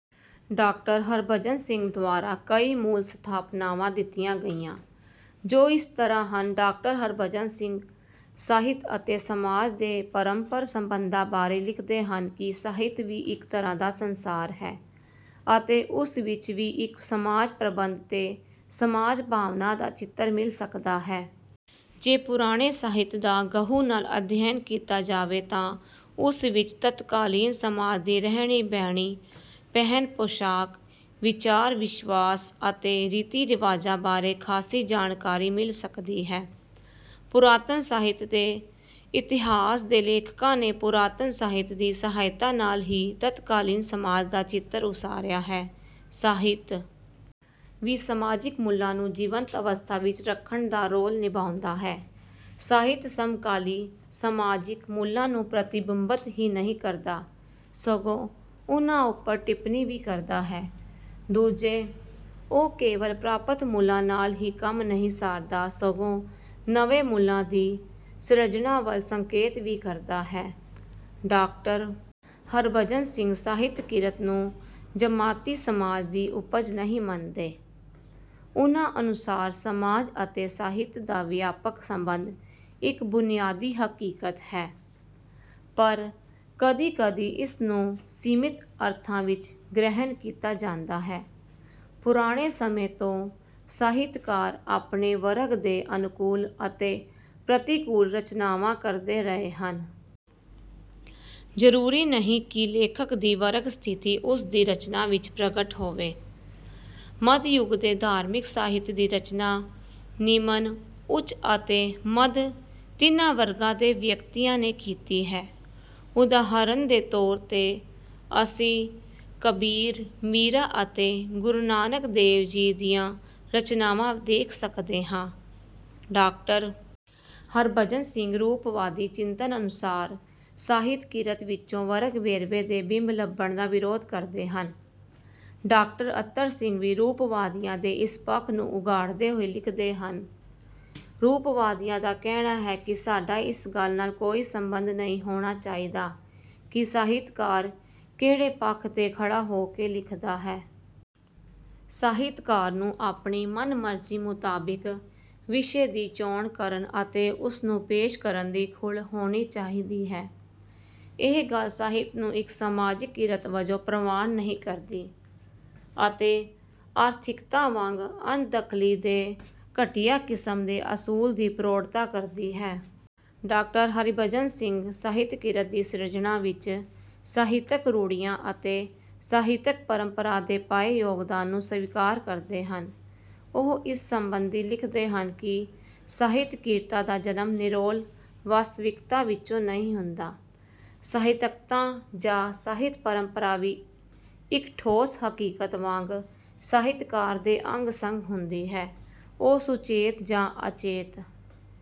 Doctor Harbhajan Singh ਦੁਆਰਾ ਕਈ ਮੂਲ ਸਥਾਪਨਾਵਾਂ ਦਿੱਤੀਆਂ ਗਈਆਂ, ਜੋ ਇਸ ਤਰ੍ਹਾਂ ਹਨ ਡਾਕਟਰ ਹਰਿਭਜਨ ਸਿੰਘ ਸਾਹਿਤ ਅਤੇ ਸਮਾਜ ਦੇ ਪਰਸਪਰ ਸੰਬੰਧਾਂ ਬਾਰੇ ਲਿਖਦੇ ਹਨ ਕਿ ਸਾਹਿਤ ਵੀ ਇੱਕ ਤਰ੍ਹਾਂ ਦਾ ਸੰਸਾਰ ਹੈ ਅਤੇ ਉਸ ਵਿੱਚ ਵੀ ਇੱਕ ਸਮਾਜ-ਪ੍ਰਬੰਧ ਤੇ ਸਮਾਜ-ਭਾਵਨਾ ਦਾ ਚਿੱਤਰ ਮਿਲ ਸਕਦਾ ਹੈ। ਜੇ ਪੁਰਾਣੇ ਸਾਹਿਤ ਦਾ ਗਹੁ ਨਾਲ ਅਧਿਐਨ ਕੀਤਾ ਜਾਵੇ ਤਾਂ ਉਸ ਵਿੱਚ ਤਤਕਾਲੀਨ ਸਮਾਜ ਦੀ ਰਹਿਣੀ-ਬਹਿਣੀ, ਪਹਿਨ-ਪੁਸ਼ਾਕ, ਵਿਚਾਰ-ਵਿਸ਼ਵਾਸ ਅਤੇ ਰੀਤੀ-ਰਿਵਾਜਾਂ ਬਾਰੇ ਖਾਸੀ ਜਾਣਕਾਰੀ ਮਿਲ ਸਕਦੀ ਹੈ। ਪੁਰਾਤਨ ਸਾਹਿਤ ਦੇ ਇਤਿਹਾਸ ਦੇ ਲੇਖਕਾਂ ਨੇ ਪੁਰਾਤਨ ਸਾਹਿਤ ਦੀ ਸਹਾਇਤਾ ਨਾਲ ਹੀ ਤਤਕਾਲੀਨ ਸਮਾਜ ਦਾ ਚਿੱਤਰ ਉਸਾਰਿਆ ਹੈ। ਸਾਹਿਤ ਵੀ ਸਮਾਜਿਕ ਮੁੱਲਾਂ ਨੂੰ ਜੀਵੰਤ ਅਵਸਥਾ ਵਿੱਚ ਰੱਖਣ ਦਾ ਰੋਲ ਨਿਭਾਉਂਦਾ ਹੈ। ਸਾਹਿਤ ਸਮਕਾਲੀ ਸਮਾਜਿਕ ਮੁੱਲਾਂ ਨੂੰ ਪ੍ਰਤੀਬਿੰਬਤ ਹੀ ਨਹੀਂ ਕਰਦਾ, ਸਗੋਂ ਉਨ੍ਹਾਂ ਉੱਪਰ ਟਿੱਪਣੀ ਵੀ ਕਰਦਾ ਹੈ। ਦੂਜੇ, ਉਹ ਕੇਵਲ ਪ੍ਰਾਪਤ ਮੁੱਲਾਂ ਨਾਲ ਹੀ ਕੰਮ ਨਹੀਂ ਸਾਰਦਾ, ਸਗੋਂ ਨਵੇਂ ਮੁੱਲਾਂ ਦੀ ਸਿਰਜਣਾ ਵੱਲ ਸੰਕੇਤ ਵੀ ਕਰਦਾ ਹੈ। ਡਾਕਟਰ ਹਰਿਭਜਨ ਸਿੰਘ ਸਾਹਿਤ-ਕਿਰਤ ਨੂੰ ਜਮਾਤੀ ਸਮਾਜ ਦੀ ਉਪਜ ਨਹੀਂ ਮੰਨਦੇ। ਉਨ੍ਹਾਂ ਅਨੁਸਾਰ ਸਮਾਜ ਅਤੇ ਸਾਹਿਤ ਦਾ ਵਿਆਪਕ ਸੰਬੰਧ ਇੱਕ ਬੁਨਿਆਦੀ ਹਕੀਕਤ ਹੈ, ਪਰ ਕਦੀ-ਕਦੀ ਇਸਨੂੰ ਸੀਮਿਤ ਅਰਥਾਂ ਵਿੱਚ ਗ੍ਰਹਿਣ ਕੀਤਾ ਜਾਂਦਾ ਹੈ। ਪੁਰਾਣੇ ਸਮੇਂ ਤੋਂ ਸਾਹਿਤਕਾਰ ਆਪਣੇ ਵਰਗ ਦੇ ਅਨੁਕੂਲ ਅਤੇ ਪ੍ਰਤਿਕੂਲ ਰਚਨਾਵਾਂ ਕਰਦੇ ਰਹੇ ਹਨ। ਜ਼ਰੂਰੀ ਨਹੀਂ ਕਿ ਲੇਖਕ ਦੀ ਵਰਗ-ਸਥਿਤੀ ਉਸਦੀ ਰਚਨਾ ਵਿੱਚ ਪ੍ਰਗਟ ਹੋਵੇ। ਮੱਧਯੁਗ ਦੇ ਧਾਰਮਿਕ ਸਾਹਿਤ ਦੀ ਰਚਨਾ ਨਿਮਨ, ਉੱਚ ਅਤੇ ਮੱਧ ਤਿੰਨਾਂ ਵਰਗਾਂ ਦੇ ਵਿਅਕਤੀਆਂ ਨੇ ਕੀਤੀ ਹੈ। ਉਦਾਹਰਨ ਦੇ ਤੌਰ ’ਤੇ ਅਸੀਂ ਕਬੀਰ, ਮੀਰਾ ਅਤੇ ਗੁਰੂ ਨਾਨਕ ਦੇਵ ਜੀ ਦੀਆਂ ਰਚਨਾਵਾਂ ਦੇਖ ਸਕਦੇ ਹਾਂ। ਡਾਕਟਰ ਹਰਿਭਜਨ ਸਿੰਘ ਰੂਪਵਾਦੀ ਚਿੰਤਨ ਅਨੁਸਾਰ ਸਾਹਿਤ-ਕਿਰਤ ਵਿੱਚੋਂ ਵਰਗ-ਵੇਰਵੇ ਦੇ ਬਿੰਬ ਲੱਭਣ ਦਾ ਵਿਰੋਧ ਕਰਦੇ ਹਨ। ਡਾਕਟਰ ਅਤਰ ਸਿੰਘ ਵੀ ਰੂਪਵਾਦੀਆਂ ਦੇ ਇਸੇ ਪੱਖ ਨੂੰ ਉਘਾੜਦੇ ਹੋਏ ਲਿਖਦੇ ਹਨ “ਰੂਪਵਾਦੀਆਂ ਦਾ ਕਹਿਣਾ ਹੈ ਕਿ ਸਾਡਾ ਇਸ ਗੱਲ ਨਾਲ ਕੋਈ ਸਬੰਧ ਨਹੀਂ ਹੋਣਾ ਚਾਹੀਦਾ ਕਿ ਸਾਹਿਤਕਾਰ ਕਿਹੜੇ ਪੱਖ ’ਤੇ ਖੜ੍ਹਾ ਹੋ ਕੇ ਲਿਖਦਾ ਹੈ। ਸਾਹਿਤਕਾਰ ਨੂੰ ਆਪਣੀ ਮਨ-ਮਰਜ਼ੀ ਮੁਤਾਬਿਕ ਵਿਸ਼ੇ ਦੀ ਚੋਣ ਕਰਨ ਅਤੇ ਉਸਨੂੰ ਪੇਸ਼ ਕਰਨ ਦੀ ਖੁੱਲ੍ਹ ਹੋਣੀ ਚਾਹੀਦੀ ਹੈ।”ਇਹ ਗੱਲ ਸਾਹਿਤ ਨੂੰ ਇੱਕ ਸਮਾਜਿਕ ਕਿਰਤ ਵਜੋਂ ਪ੍ਰਵਾਨ ਨਹੀਂ ਕਰਦੀ ਅਤੇ ਆਰਥਿਕਤਾ ਵਾਂਗ ਅਣਦਖਲੀ ਦੇ ਘਟੀਆ ਕਿਸਮ ਦੇ ਅਸੂਲ ਦੀ ਪ੍ਰੋੜਤਾ ਕਰਦੀ ਹੈ। ਡਾਕਟਰ ਹਰਿਭਜਨ ਸਿੰਘ ਸਾਹਿਤ-ਕਿਰਤ ਦੀ ਸਿਰਜਣਾ ਵਿੱਚ ਸਾਹਿਤਕ ਰੂੜ੍ਹੀਆਂ ਅਤੇ ਸਾਹਿਤਕ-ਪਰੰਪਰਾ ਦੇ ਪਾਏ ਯੋਗਦਾਨ ਨੂੰ ਸਵੀਕਾਰ ਕਰਦੇ ਹਨ। ਉਹ ਇਸ ਸਬੰਧੀ ਲਿਖਦੇ ਹਨ ਕਿ ਸਾਹਿਤ-ਕਿਰਤਾਂ ਦਾ ਜਨਮ ਨਿਰੋਲ ਵਾਸਤਵਿਕਤਾ ਵਿੱਚੋਂ ਨਹੀਂ ਹੁੰਦਾ। ‘ਸਾਹਿਤਕਤਾ’ ਜਾਂ ‘ਸਾਹਿਤ-ਪਰੰਪਰਾ’ ਵੀ ਇੱਕ ਠੋਸ ਹਕੀਕਤ ਵਾਂਗ ਸਾਹਿਤਕਾਰ ਦੇ ਅੰਗ-ਸੰਗ ਹੁੰਦੀ ਹੈ। ਉਹ ਸੁਚੇਤ ਜਾਂ ਅਚੇਤ…